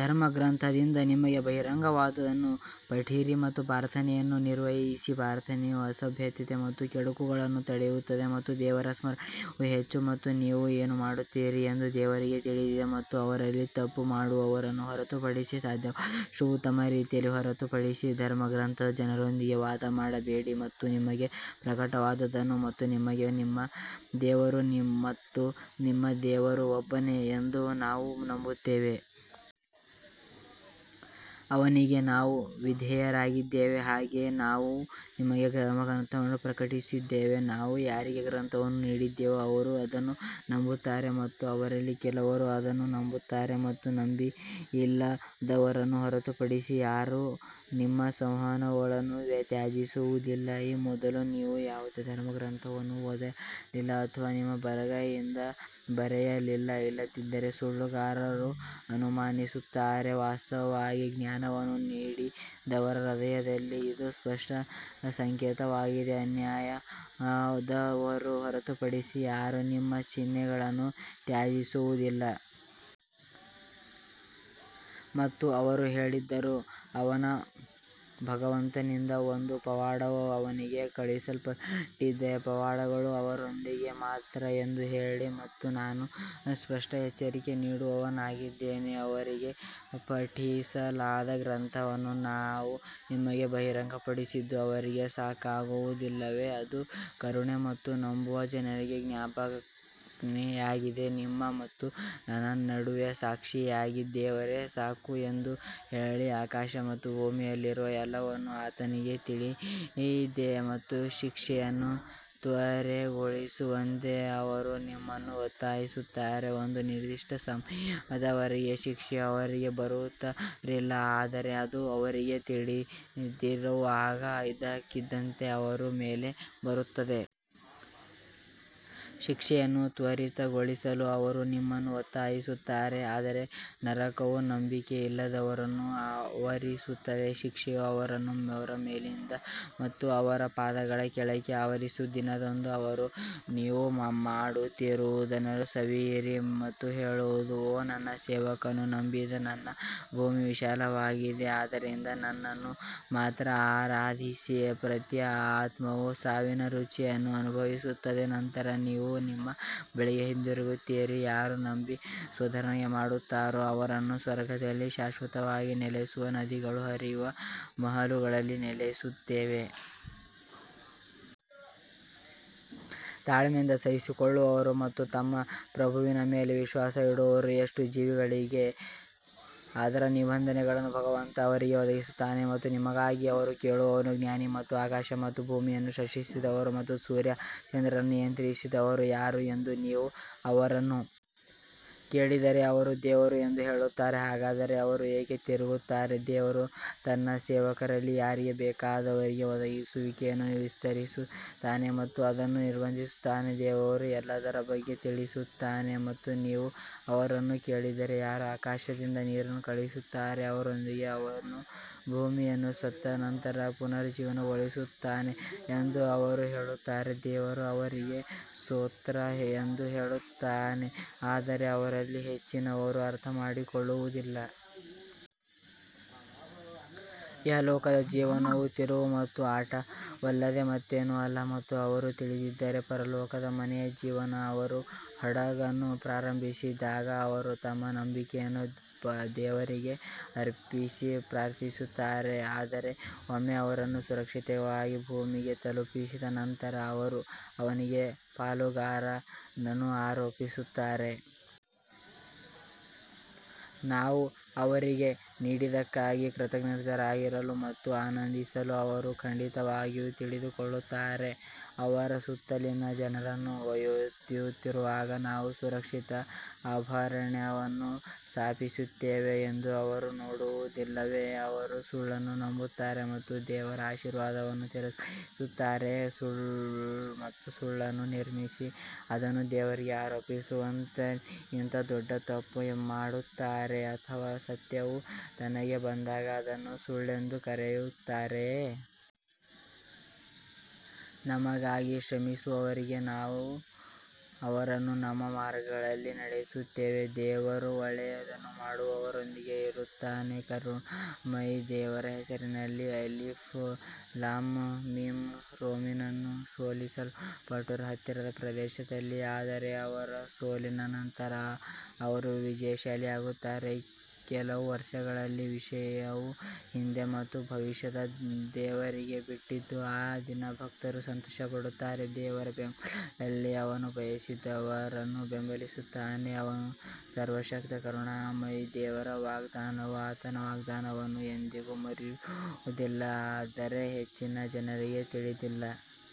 ಧರ್ಮಗ್ರಂಥದಿಂದ ನಿಮಗೆ ಬಹಿರಂಗವಾದದ್ದನ್ನು ಪಠಿಸಿ ಮತ್ತು ಪ್ರಾರ್ಥನೆಯನ್ನು ನಿರ್ವಹಿಸಿ ಪ್ರಾರ್ಥನೆಯು ಅಸಭ್ಯತೆ ಮತ್ತು ಕೆಡುಕುಗಳನ್ನು ತಡೆಯುತ್ತದೆ ಮತ್ತು ದೇವರ ಸ್ಮರಣೆಯು ಹೆಚ್ಚು ಮತ್ತು ನೀವು ಏನು ಮಾಡುತ್ತೀರಿ ಎಂದು ದೇವರಿಗೆ ತಿಳಿದಿದೆ ಮತ್ತು ಅವರಲ್ಲಿ ತಪ್ಪು ಮಾಡುವವರನ್ನು ಹೊರತುಪಡಿಸಿ ಸಾಧ್ಯವಾದಷ್ಟು ಉತ್ತಮ ರೀತಿಯಲ್ಲಿ ಹೊರತುಪಡಿಸಿ ಧರ್ಮಗ್ರಂಥದ ಜನರೊಂದಿಗೆ ವಾದ ಮಾಡಬೇಡಿ ಮತ್ತು ನಮಗೆ ಪ್ರಕಟವಾದದ್ದನ್ನು ಮತ್ತು ನಿಮಗೆ ಮತ್ತು ನಮ್ಮ ದೇವರು ಮತ್ತು ನಿಮ್ಮ ದೇವರು ಒಬ್ಬನೇ ಎಂದು ನಾವು ನಂಬುತ್ತೇವೆ. ಅವನಿಗೆ ನಾವು ವಿಧೇಯರಾಗಿದ್ದೇವೆ ಹಾಗೆಯೇ ನಾವು ನಿಮಗೆ ಧರ್ಮಗ್ರಂಥವನ್ನು ಪ್ರಕಟಿಸಿದ್ದೇವೆ, ನಾವು ಯಾರಿಗೆ ಗ್ರಂಥವನ್ನು ನೀಡಿದ್ದೇವೆಯೋ ಅವರು ಅದನ್ನು ನಂಬುತ್ತಾರೆ ಮತ್ತು ಅವರಲ್ಲಿ ಕೆಲವರು ಅದನ್ನು ನಂಬುತ್ತಾರೆ ಮತ್ತು ನಂಬಿಕೆಯಿಲ್ಲದವರನ್ನು ಹೊರತುಪಡಿಸಿ ಯಾರೂ ನಮ್ಮ ಸಂವಹನಗಳನ್ನು ತ್ಯಜಿಸುವುದಿಲ್ಲ. ಈ ಮೊದಲು ನೀವು ಯಾವುದೇ ಧರ್ಮಗ್ರಂಥವನ್ನು ಓದಲಿಲ್ಲ ಅಥವಾ ನಿಮ್ಮ ಬಲಗೈಯಿಂದ ಬರೆಯಲಿಲ್ಲ ಇಲ್ಲದಿದ್ದರೆ ಸುಳ್ಳುಗಾರರು ಅನುಮಾನಿಸುತ್ತಾರೆ ವಾಸ್ತವವಾಗಿ, ಜ್ಞಾನವನ್ನು ನೀಡಿದವರ ಹೃದಯದಲ್ಲಿ ಇದು ಸ್ಪಷ್ಟ ಸಂಕೇತವಾಗಿದೆ, ಅನ್ಯಾಯದವರನ್ನು ಹೊರತುಪಡಿಸಿ ಯಾರೂ ನಮ್ಮ ಚಿಹ್ನೆಗಳನ್ನು ತ್ಯಜಿಸುವುದಿಲ್ಲ. ಮತ್ತು ಅವರು ಹೇಳಿದರು, ಅವನ ಭಗವಂತನಿಂದ ಒಂದು ಪವಾಡವು ಅವನಿಗೆ ಕಳುಹಿಸಲ್ಪಟ್ಟಿದ್ದರೆ, ಪವಾಡಗಳು ದೇವರೊಂದಿಗೆ ಮಾತ್ರ ಎಂದು ಹೇಳಿ ಮತ್ತು ನಾನು ಸ್ಪಷ್ಟ ಎಚ್ಚರಿಕೆ ನೀಡುವವನಾಗಿದ್ದೇನೆ. ಅವರಿಗೆ ಪಠಿಸಲಾದ ಗ್ರಂಥವನ್ನು ನಾವು ನಿಮಗೆ ಬಹಿರಂಗಪಡಿಸಿದ್ದು ಅವರಿಗೆ ಸಾಕಾಗುವುದಿಲ್ಲವೇ ಅದು ಕರುಣೆ ಮತ್ತು ನಂಬುವ ಜನರಿಗೆ ಜ್ಞಾಪನೆಯಾಗಿದೆ ನಿಮ್ಮ ಮತ್ತು ನನ್ನ ನಡುವೆ ಸಾಕ್ಷಿಯಾಗಿ ದೇವರೇ ಸಾಕು ಎಂದು ಹೇಳಿ ಆಕಾಶ ಮತ್ತು ಭೂಮಿಯಲ್ಲಿರುವ ಎಲ್ಲವನ್ನೂ ಆತನಿಗೆ ತಿಳಿದಿದೆ ಮತ್ತು ಶಿಕ್ಷೆಯನ್ನು ತ್ವರೆಗೊಳಿಸುವಂತೆ ಅವರು ನಿಮ್ಮನ್ನು ಒತ್ತಾಯಿಸುತ್ತಾರೆ, ಒಂದು ನಿರ್ದಿಷ್ಟ ಸಮಯದವರೆಗೆ ಶಿಕ್ಷೆಯು ಅವರಿಗೆ ಬರುತ್ತಿರಲಿಲ್ಲ ಆದರೆ ಅದು ಅವರಿಗೆ ತಿಳಿದಿಲ್ಲದಿರುವಾಗ ಇದ್ದಕ್ಕಿದ್ದಂತೆ ಅವರ ಮೇಲೆ ಬರುತ್ತದೆ. ಶಿಕ್ಷೆಯನ್ನು ತ್ವರಿತಗೊಳಿಸಲು ಅವರು ನಿಮ್ಮನ್ನು ಒತ್ತಾಯಿಸುತ್ತಾರೆ ಆದರೆ ನರಕವು ನಂಬಿಕೆಯಿಲ್ಲದವರನ್ನು ಆವರಿಸುತ್ತದೆ ಶಿಕ್ಷೆಯು ಅವರನ್ನು ಅವರ ಮೇಲಿನಿಂದ ಮತ್ತು ಅವರ ಪಾದಗಳ ಕೆಳಗೆ ಆವರಿಸುವ ದಿನದಂದು ಅವನು ನೀವು ಮಾಡುತ್ತಿದ್ದುದನ್ನು ಸವಿಯಿರಿ ಎಂದು ಹೇಳುವನು. ಓ ನನ್ನ ಸೇವಕರು ನಂಬಿದ ನನ್ನ ಭೂಮಿ ವಿಶಾಲವಾಗಿದೆ ಆದ್ದರಿಂದ ನನ್ನನ್ನು ಮಾತ್ರ ಆರಾಧಿಸಿ ಪ್ರತಿ ಆತ್ಮವು ಸಾವಿನ ರುಚಿಯನ್ನು ಅನುಭವಿಸುತ್ತದೆ ನಂತರ ನೀವು ನಮ್ಮ ಬಳಿಗೆ ಹಿಂತಿರುಗುತ್ತೀರಿ ಯಾರು ನಂಬಿ ಸದ್ವರ್ತನೆ ಮಾಡುತ್ತಾರೆಯೋ ಅವರನ್ನು ಸ್ವರ್ಗದಲ್ಲಿ ಶಾಶ್ವತವಾಗಿ ನೆಲೆಸುವ ನದಿಗಳು ಹರಿಯುವ ಮಹಲುಗಳಲ್ಲಿ ನೆಲೆಸುತ್ತೇವೆ. ತಾಳ್ಮೆಯಿಂದ ಸಹಿಸಿಕೊಳ್ಳುವವರು ಮತ್ತು ತಮ್ಮ ಪ್ರಭುವಿನ ಮೇಲೆ ವಿಶ್ವಾಸವಿಡುವವರು ಎಷ್ಟು ಜೀವಿಗಳಿವೆ ಅದರ ನಿಬಂಧನೆಯನ್ನು ಭಗವಂತ ಅವರಿಗೆ ಒದಗಿಸುತ್ತಾನೆ ಮತ್ತು ನಿಮಗಾಗಿ ಅವನು ಕೇಳುವವನು ಜ್ಞಾನಿ ಮತ್ತು ಆಕಾಶ ಮತ್ತು ಭೂಮಿಯನ್ನು ಸೃಷ್ಟಿಸಿದವರು ಮತ್ತು ಸೂರ್ಯ ಮತ್ತು ಚಂದ್ರರನ್ನು ನಿಯಂತ್ರಿಸಿದವರು ಯಾರು ಎಂದು ನೀವು ಅವರನ್ನು ಕೇಳಿದರೆ ಅವರು ದೇವರು ಎಂದು ಹೇಳುತ್ತಾರೆ ಹಾಗಾದರೆ ಅವರು ಏಕೆ ತಿರುಗುತ್ತಾರೆ ದೇವರು ತನ್ನ ಸೇವಕರಲ್ಲಿ ಯಾರಿಗೆ ಬೇಕಾದವರಿಗೆ ಒದಗಿಸುವಿಕೆಯನ್ನು ವಿಸ್ತರಿಸುತ್ತಾನೆ ಮತ್ತು ಅದನ್ನು ನಿರ್ಬಂಧಿಸುತ್ತಾನೆ ದೇವರು ಎಲ್ಲದರ ಬಗ್ಗೆ ತಿಳಿದಿರುತ್ತಾನೆ ಮತ್ತು ನೀವು ಅವರನ್ನು ಕೇಳಿದರೆ ಯಾರು ಆಕಾಶದಿಂದ ನೀರನ್ನು ಕಳುಹಿಸುತ್ತಾರೆ, ಅದರೊಂದಿಗೆ ಅವನು ಭೂಮಿಯನ್ನು ಸತ್ತ ನಂತರ ಪುನರುಜ್ಜೀವನಗೊಳಿಸುತ್ತಾನೆ ಎಂದು ಅವರು ಹೇಳುತ್ತಾರೆ, ದೇವರು ದೇವರಿಗೆ ಸ್ತೋತ್ರ ಎಂದು ಹೇಳುತ್ತಾನೆ ಆದರೆ ಅವರಲ್ಲಿ ಹೆಚ್ಚಿನವರು ಅರ್ಥಮಾಡಿಕೊಳ್ಳುವುದಿಲ್ಲ. ಇಹಲೋಕದ ಜೀವನವು ತಿರುವು ಮತ್ತು ಆಟವಲ್ಲದೇ ಮತ್ತೇನೂ ಅಲ್ಲ ಮತ್ತು ಅವರು ತಿಳಿದಿದ್ದರೆ ಪರಲೋಕದ ಮನೆಯೇ ಜೀವನ ಅವರು ಹಡಗನ್ನು ಪ್ರಾರಂಭಿಸಿದಾಗ ಅವರು ತಮ್ಮ ನಂಬಿಕೆಯನ್ನು ದೇವರಿಗೆ ಅರ್ಪಿಸಿ ಪ್ರಾರ್ಥಿಸುತ್ತಾರೆ ಆದರೆ ಒಮ್ಮೆ ಅವರನ್ನು ಸುರಕ್ಷಿತವಾಗಿ ಭೂಮಿಗೆ ತಲುಪಿಸಿದ ನಂತರ ಅವರು ಅವನಿಗೆ ಪಾಲುದಾರರನ್ನು ಆರೋಪಿಸುತ್ತಾರೆ. ನಾವು ಅವರಿಗೆ ನೀಡಿದ್ದಕ್ಕಾಗಿ ಕೃತಜ್ಞರಾಗಿರಲು ಮತ್ತು ಆನಂದಿಸಲು ಅವರು ಖಂಡಿತವಾಗಿಯೂ ತಿಳಿದುಕೊಳ್ಳುತ್ತಾರೆ ಅವರ ಸುತ್ತಲಿನ ಜನರನ್ನು ಒಯ್ಯುತ್ತಿರುವಾಗ ನಾವು ಸುರಕ್ಷಿತ ಅಭಯಾರಣ್ಯವನ್ನು ಸ್ಥಾಪಿಸಿದ್ದೇವೆ ಎಂದು ಅವರು ನೋಡುವುದಿಲ್ಲವೇ ಅವರು ಸುಳ್ಳನ್ನು ನಂಬುತ್ತಾರೆ ಮತ್ತು ದೇವರ ಆಶೀರ್ವಾದವನ್ನು ತಿರಸ್ಕರಿಸುತ್ತಾರೆಯೇ? ಮತ್ತು ಸುಳ್ಳನ್ನು ನಿರ್ಮಿಸಿ ಅದನ್ನು ದೇವರಿಗೆ ಆರೋಪಿಸುವವನಿಗಿಂತ ದೊಡ್ಡ ತಪ್ಪು ಯಾರು ಮಾಡುತ್ತಾರೆ ಅಥವಾ ಸತ್ಯವು ತನಗೆ ಬಂದಾಗ ಅದನ್ನು ಸುಳ್ಳೆಂದು ಕರೆಯುತ್ತಾರೆಯೇ? ನಮಗಾಗಿ ಶ್ರಮಿಸುವವರಿಗೆ ನಾವು ಅವರನ್ನು ನಮ್ಮ ಮಾರ್ಗಗಳಲ್ಲಿ ನಡೆಸುತ್ತೇವೆ, ದೇವರು ಒಳ್ಳೆಯದನ್ನು ಮಾಡುವವರೊಂದಿಗೆ ಇರುತ್ತಾನೆ ಕರುಣಾಮಯಿ ದೇವರ ಹೆಸರಿನಲ್ಲಿ ಅಲಿಫ್ ಲಾಮ್ ಮೀಮ್ ರೋಮನ್ನರು ಸೋಲಿಸಲ್ಪಟ್ಟರು ಹತ್ತಿರದ ಪ್ರದೇಶದಲ್ಲಿ ಆದರೆ ಅವರ ಸೋಲಿನ ನಂತರ ಅವರು ವಿಜಯಶಾಲಿಯಾಗುತ್ತಾರೆ ಕೆಲವು ವರ್ಷಗಳಲ್ಲಿ ವಿಷಯವು ಹಿಂದೆ ಮತ್ತು ಭವಿಷ್ಯದಲ್ಲಿ ದೇವರಿಗೆ ಬಿಟ್ಟದ್ದು ಆ ದಿನ ಭಕ್ತರು ಸಂತೋಷಪಡುತ್ತಾರೆ ದೇವರ ಬೆಂಬಲದಲ್ಲಿ ಅವನು ಬಯಸಿದವರನ್ನು ಬೆಂಬಲಿಸುತ್ತಾನೆ ಅವನು ಸರ್ವಶಕ್ತ ಕರುಣಾಮಯಿ ದೇವರ ವಾಗ್ದಾನವು ಆತನ ವಾಗ್ದಾನವನ್ನು ಎಂದಿಗೂ ಮುರಿಯುವುದಿಲ್ಲ ಆದರೆ ಹೆಚ್ಚಿನ ಜನರಿಗೆ ತಿಳಿದಿಲ್ಲ.